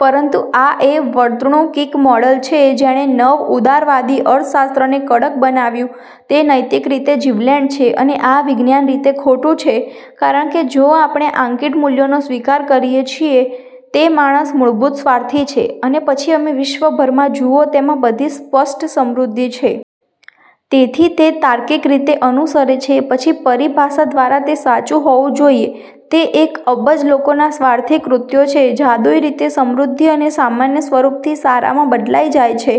પરંતુ આ એ વર્તણૂકિક મોડેલ છે જેણે નવ ઉદારવાદી અર્થશાસ્ત્રને કડક બનાવ્યુ તે નૈતિક રીતે જીવલેણ છે. અને આ વિજ્ઞાન રીતે ખોટું છે કારણ કે જો આપણે આંકીટ મૂલ્યોનો સ્વીકાર કરીએ છીએ તે માણસ મૂળભૂત સ્વાર્થી છે અને પછી અમે વિશ્વભરમાં જુઓ તેમાં બધી સ્પષ્ટ સમૃદ્ધિ છે. તેથી તે તાર્કિક રીતે અનુસરે છે. પછી પરીભાષા દ્વારા તે સાચું હોવું જોઈએ તે એક અબજ લોકોના સ્વાર્થી કૃત્યો છે. જાદુઈ રીતે સમૃદ્ધિ અને સામાન્ય સ્વરૂપથી સારામાં બદલાઈ જાય છે.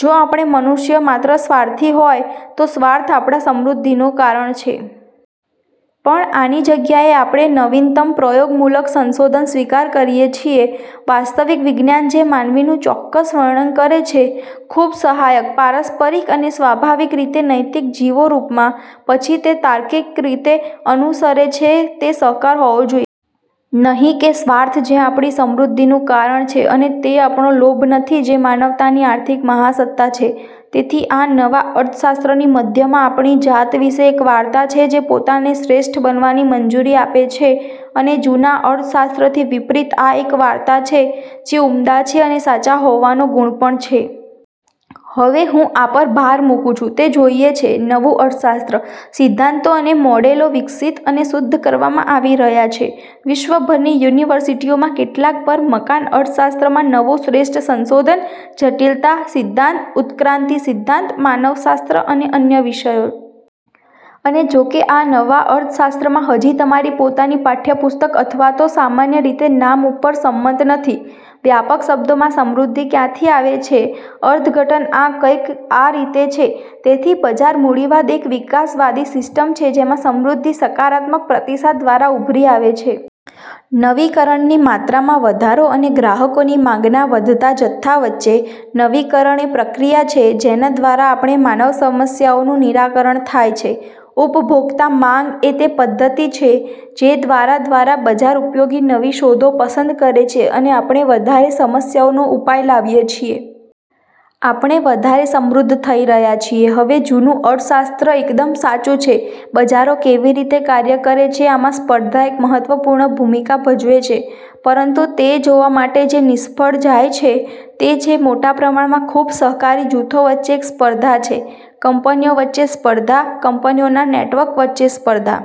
જો આપણે મનુષ્ય માત્ર સ્વાર્થી હોય તો સ્વાર્થ આપણા સમૃદ્ધિનું કારણ છે. પણ, આની જગ્યાએ આપડે નવીનતમ પ્રયોગમૂલક સંશોધન સ્વીકાર કરીએ છીએ વાસ્તવિક વિજ્ઞાન જે માનવીનું ચોક્કસ વર્ણન કરે છે. ખૂબ સહાયક, પારસ્પરીક અને સ્વાભાવિક રીતે નૈતિક જીવો રૂપમાં. પછી તે તાર્કિક રૂપે અનુસરે છે કે તે સહકાર હોવો જોઈએ. નહી કે સ્વાર્થ જે આપણી સમૃદ્ધિનું કારણ છે અને તે આપણો લોભ નથી જે માનવતાની આર્થિક મહાસત્તા છે. તેથી, આ નવા અર્થશાસ્ત્રની મધ્યમાં આપણી જાત વિશે એક વાર્તા છે જે પોતાને શ્રેષ્ઠ બનવાની મંજૂરી આપે છે અને જૂના અર્થશાસ્ત્રથી વિપરીત આ એક વાર્તા છે જે ઉમદા છે અને સાચા હોવાનો ગુણ પણ છે. હવે, હું આ પર ભાર મૂકું છું તે જોઈએ છે નવું અર્થશાસ્ત્ર. સિદ્ધાંતો અને મોડેલો વિકસિત અને શુદ્ધ કરવામાં આવી રહ્યા છે. વિશ્વભરની યુનિવર્સિટીઓમાં કેટલાક પર મકાન અર્થશાસ્ત્રમાં નવું શ્રેષ્ઠ સંશોધન, જટિલતા સિદ્ધાંત, ઉત્ક્રાંતિ સિદ્ધાંત, માનવશાસ્ત્ર અને અન્ય વિષયો. અને જોકે આ નવા અર્થશાસ્ત્રમાં હજી તમારી પોતાની પાઠયપુસ્તક અથવાતો સામાન્ય રીતે નામ ઉપર સંમત નથી, વ્યાપક શબ્દોમાં સમૃદ્ધિ ક્યાંથી આવે છે અર્થઘટન આ કંઈક આ રીતે છે. તેથી, બજાર મૂડીવાદ એક વિકાસવાદી સિસ્ટમ છે જેમાં સમૃદ્ધિ સકારાત્મક પ્રતિસાદ દ્વારા ઉભરી આવે છે. નવીકરણની માત્રામાં વધારોઅને ગ્રાહકોની માંગના વધતા જથ્થા વચ્ચે. નવીકરણ એ પ્રક્રિયા છે જેના દ્વારા આપણે માનવ સમસ્યાઓનું નિરાકરણ થાય છે. ઉપભોક્તા માંગ એ તે પદ્ધતિ છે જે દ્વારા દ્વારા બજાર ઉપયોગી નવી શોધો પસંદ કરે છે અને આપણે વધારે સમસ્યાઓનો ઉપાય લાવીએ છીએ. આપણે વધારે સમૃદ્ધ થઈ રહ્યા છીયે. હવે, જૂનું અર્થશાસ્ત્ર એકદમ સાચૂ છે. બજારો કેવી રીતે કાર્ય કરે છે આમાં સ્પર્ધા એક મહત્વપૂર્ણ ભૂમિકા ભજવે છે પરંતુ તે જોવા માટે જે નિષ્ફળ જાય છે તે છે મોટા પ્રમાણમાં ખૂબ સહકારી જૂથો વચ્ચે એક સ્પર્ધા છે. કંપનીઓ વચ્ચે સ્પર્ધા, કંપનીઓના નેટવર્ક વચ્ચે સ્પર્ધા.